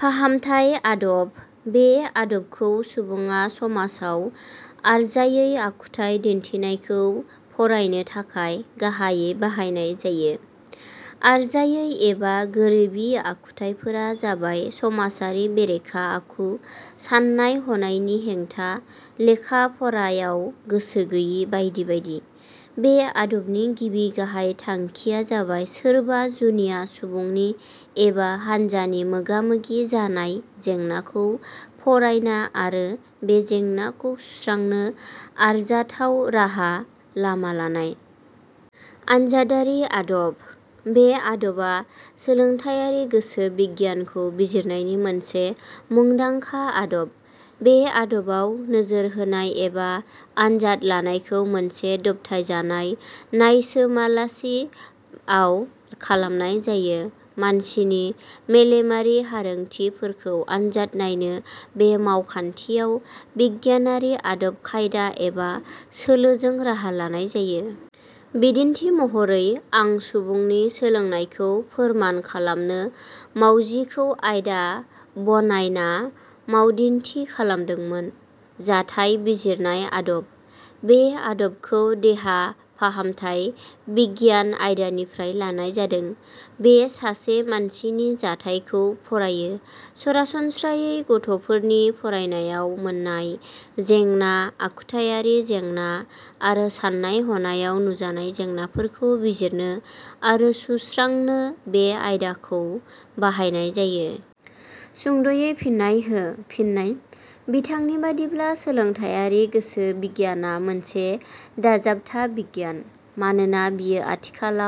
फाहामथाय आदब: बे आदबखौ सुबुङा समाजाव आरजायै आखुथाइ दिन्थिनायखौ फरायनो थाखाय गाहाइयै बाहायनाय जायो। आरजायै एबा गोरोबि आखुथाइफोरा जाबाय-समाजारि बेरेखा आखु, सान्नाय-हनायनि हेंथा, लेखा-फरायाव गोसो गैयि बायदि बायदि। बे आदबनि गिबि गाहाइ थांखिया जाबाय सोरबा जुनिया सुबुंनि एबा हानजानि मोगा-मोगि जानाय जेंनाखौ फरायनाय आरो बे जेंनाखौ सुस्रांनो आरजाथाव राहा लामा लानाय।. आनजादारि आदब: बे आदबा सोलोंथाइयारि गोसो बिगियानखौ बिजिरनायनि मोनसे मुंदांखा आदब। बे आदबाव नोजोर होनाय एबा आनजाद लानायखौ मोनसे दबथायजानाय नायसोमासालि आव खालामनाय जायो। मानसिनि मेलेमारि हारोंथि फोरखौ आनजाद नायनो बे मावखान्थियाव बिगियानारि आदब खायदा एबा सोलोजों राहा लानाय जायो। बिदिन्थि महरै आ सुबुंनि सोलोंनायखौ फोरमान खालामनो मावजिखौ आयदा बनायना मावदिन्थि खालामदोंमोन।. जाथाइ बिजिरनाय आदब: बे आदबखौ देहा फाहामथाइ बिगियान आयदानिफ्राय लानाय जादों। बेयो सासे मानसिनि जाथाय खौ फरायो। सरासनस्रायै गथ 'फोरनि फरायनायाव मोन्नाय जेंना, आखुथाइयारि जेंना आरो सान्नाय हनायाव नुजानाय जेंनाफोरखौ बिजिरनो आरो सुत्रांनो बे आदबखौ बाहायनाय जायो।. सुंद'यै फिननाय हो: फिननाय:बिथां नि बादिब्ला सोलोंथाइयारि गोसो बिगियाना मोनसे दाजाबथा बिगियान। मानोना बियो आथिखाल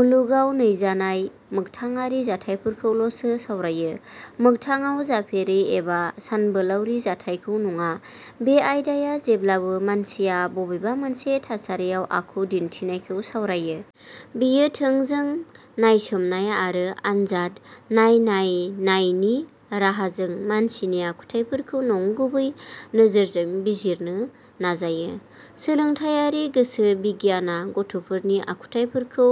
मुलुगाव नैजानाय मोगथाङारि जाथायफोरखौल 'सो सावरायो। मोगथाङाव जाफेरि एबा सानबोलावरि जाथायखौ नङा। बे आयदाया जेब्लाबो मानसिया बबेबा मोनसे थासारियाव आखु दिन्थिनायखौ सावरायो। बेयो थोंजों नायसोमनाय आरो आनजादनाय नायनायनि राहाजों मानसिनि आखुथायफोरखौ नंगुबै नोजोरजों बिजिरनो नाजायो। सोलोंथाइयारि गोसो बिगियाना गथ'फोरनि आखुथाइफोरखौ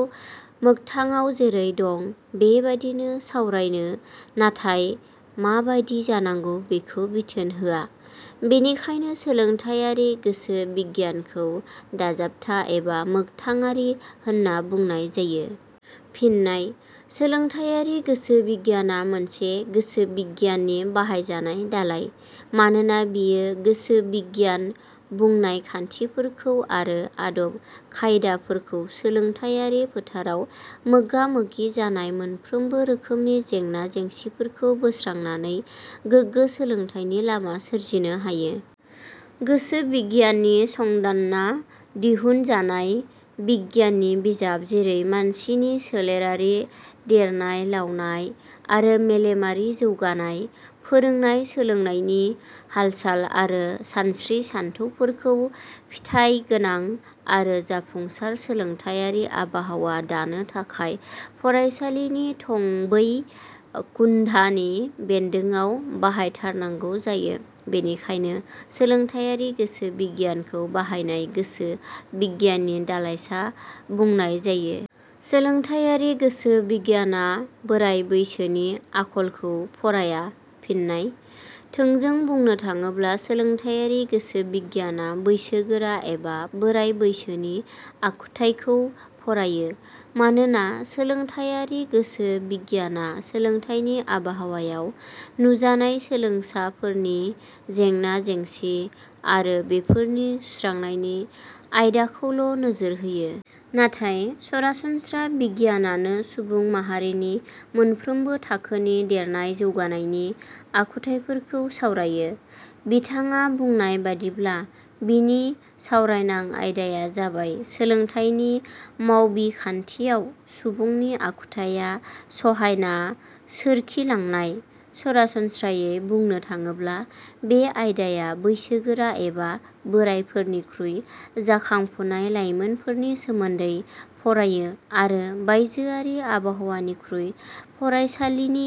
मोगथाडाव जेरै- दं बेबादिनो सावरायो नाथाय माबादि जानांगौ बेखौ बिथोन होआ। बेनिखायनो सोलोंथाइयारि गोसो बिगियानखौ दाजाबथा एबा मोगथाङारि होनना बुंनाय जायो। फिननाय: सोलोंथाइयारि गोसो बिगियाना मोनसे गोसो बिगियाननि बाहायजानाय दालाइ। मानोना बेयो गोसो बिगियाना बुंनाय खान्थिफोरखौ आरो आदब खायदाफोरखौ सोलोंथाइयारि फोथाराव मोगा-मोगि जानाय मोनफ्रोमबो रोखोमनि जेंना जेंसिफोरखौ बोत्रांनानै गोगो सोलोंथाइनि लामा सोरजिना होयो। गोसो बिगियाननि संदानना दिहुनजानाय गियाननि बिजाब जेरै मानसिनि सोलेरारि देरनाय-लावनाय आरो मेलेमारि जौगानाय, फोरोंनाय- सोलोंनायनि हालसाल आरो सानस्रि-सानथौफोरखौ फिथाइगोनां आरो जाफुंसार सोलोंथाइयारि आबहावा दानो थाखाय फरायसालिनि थंबै खुन्धानि बेन्दोड़ाव बाहायथारनांगौ जायो। बेनिखायनो सोलोंथाइयारि गोसो बिगियानखौ बाहायथाय गोसो बिगियाननि दालाइसा बुंनाय जायो। सोलोंथाइयारि गोसो बिगियाना बोराइ बैसोनि आखलखौ फराया। फिननाय: थोंजों बुंनो थाङोब्ला सोलोंथायारि गोसो बिगियाना बैसो गोरा एबा बोराय बैसोनि आखुथाइखौ फरायो। मानोना सोलोंथाइयारि गोसो बिगियाना सोलोंथाइनि आबहावायाव नुजानाय सोलोंसाफोरनि जेंना जेंसि आरो बेफोरनि सुस्रांनायनि आयदाखौल'नोजोर होयो। नाथाय सरासनस्रा बिगियानानो सुबुं माहारिनि मोनफ्रोमबो थाखोनि देरनाय जौगानायनि आखुथाइफोरखौ सावरायो। बिथां आ बुंनाय बादिब्ला, बिनि सावरायनां आयदाया जाबाय सोलोंथाइनि मावबिखान्थियाव सुबुंनि आखुथाइया सहायना सोरखिलांनाय। सरासनस्रायै बुंनो थाङोब्ला बे आयदाया बैसो गोरा एबा बोरायफोरनिखुइ जाखां फुनाय लाइमोनफोरनि सोमोन्दै फरायो आरो बायजोआरि आबहावानिख्रुइ फरायसालिनि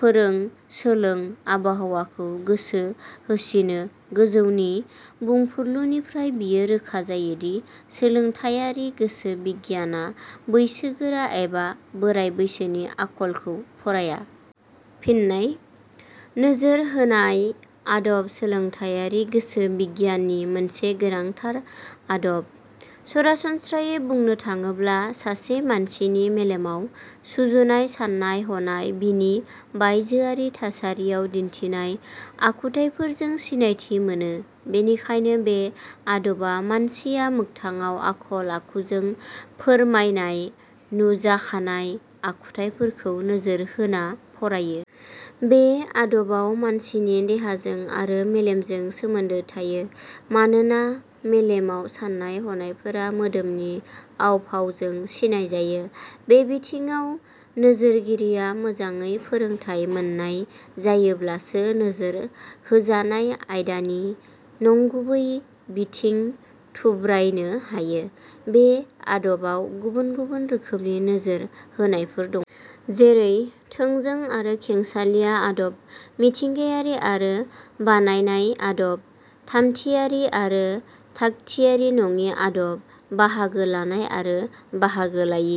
फोरों सोलों आबहावाखौ गोसो होसिनो गोजौनि बुंफुरलुनिफ्राय बेयो रोखा जायोदि सोलोंथायारि गोसो बिगियाना बैसो गोरा एबा बोराय बैसोनि आखलखौ फराया। फिननाय: नोजोर होनाय आदबा सोलोंथायारि गोसो बिगियाननि मोनसे गोनांथार आदब। सरासनस्रायै बुंनो थाङोब्ला सासे मानसिनि मेलेमाव सुजुनाय साननाय हनाय बिनि बायजोआरि थासारिआव दिन्थिनाय आखुथाइफोरजों सिनायथि मोनो। बेनिखायनो बे आदबा मानसिया मोगथाङाव आखल-आखुजों फोरमायनाय नुजाखानाय आखुथाइफोरखौ नोजोर होना फरायो। बे आदबाव मानसिनि देहाजों आरो मेलेमजों सोमोन्दो थायो। मानोना मेलेमाव साननाय हनायफोरा मोदोमनि आव-फावजों सिनाय जायो। बे बिथिङाव नोजोरगिरिया मोजाङै फोरोंथाइ मोननाय जायोब्लासो नोजोर होजानाय आयदानि नंगुबै बिथिं थुब्रायनो हायो। बे आदबाव गुबुन गुबुन रोखोमनि नोजोर होनायफोर दं। जेरै- थोंजों आरो खेंसालिया आदब। मिथिंगायारि आरो बानायनाय आदब। थामथियारि आरो थागथियारि नङि आदब। बाहागो लानाय आरो बाहागो लायि।